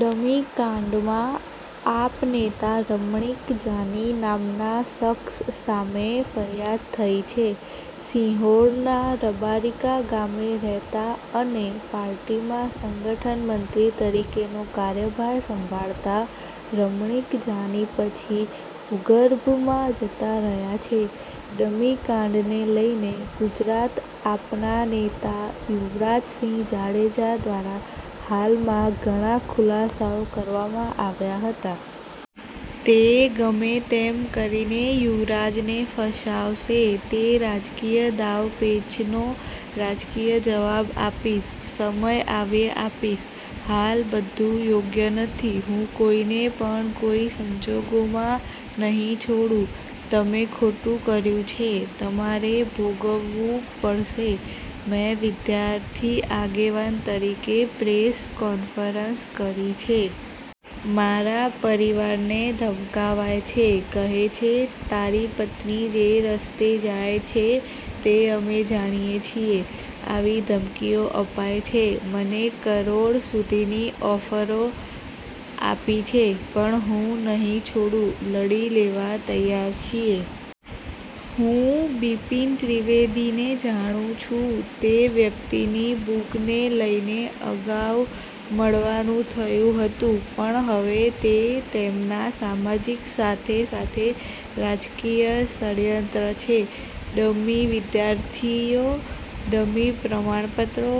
ડમીકાંડમાં આપ નેતા રમણિક જાની નામના શખ્સ સામે ફરિયાદ થઈ છે. સિંહોરના રબારિકા ગામે રહેતા અને પાર્ટીમાં સંગઠન મંત્રી તરીકેનો કાર્યભાર સંભાળતા રમણિક જાનીપછી ભૂગર્ભમાં જતા રહ્યા છે. ડમી કાંડને લઈને ગુજરાત આપના નેતા યુવરાજસિંહ જાડેજા દ્વારા હાલમાંઘણા ખુલાસાઓ કરવામાં આવ્યા હતા. તે ગમે તેમ કરીને યુવરાજને ફસાવશે, તે રાજકીય દાવપેચનો રાજકીય જવાબ આપીશ. સમય આવ્યે આપીશ. હાલબધું યોગ્ય નથી. હું કોઈને પણ કોઈ સંજોગોમાં નહીં છોડું. તમે ખોટું કર્યું છે, તમારે ભોગવવુંપડશે. મેં વિદ્યાર્થી આગેવાન તરીકેપ્રેસ કોન્ફરન્સ કરી છે. મારા પરિવારને ધમકાવાય છે. કહે છે તારી પત્ની જે રસ્તે જાય છે તે અમે જાણીએ છીએ. આવી ધમકીઓ અપાય છે. મને કરોડ સુધીની ઓફરો આપી છે. પણ હું નહીં છોડું. લડી લેવા તૈયારછીએ. હુંબિપિન ત્રિવેદીને જાણું છું. તે વ્યક્તિની બુકને લઈને અગાઉ મળવાનું થયું હતું પણ હવે તે તેમના સામાજીક સાથે સાથે રાજકીય ષડયંત્ર છે. ડમી વિદ્યાર્થીઓ, ડમી પ્રમાણપત્રો,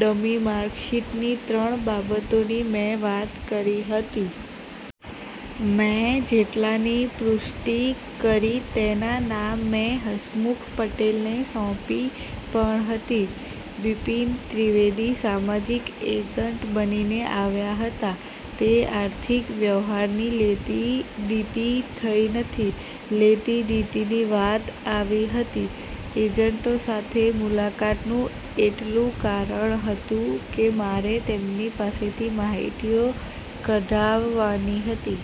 ડમી માર્કશીટની ત્રણ બાબતોની મેં વાત કરી હતી. મેં જેટલાની પૃષ્ટી કરી તેના નામ મેં હસમુખ પટેલને સોંપી પણ હતી. બિપિન ત્રિવેદી સામાજીક એજન્ટ બનીને આવ્યા હતા. તે આર્થિક વ્યવહારની લેતીદીતી થઈ નથી. લેતી દીતીની વાત આવી હતી. એજન્ટો સાથે મુલાકાતનું એટલુંકારણ હતું કે મારે તેમની પાસેથી માહિતીઓ કઢાવવાની હતી.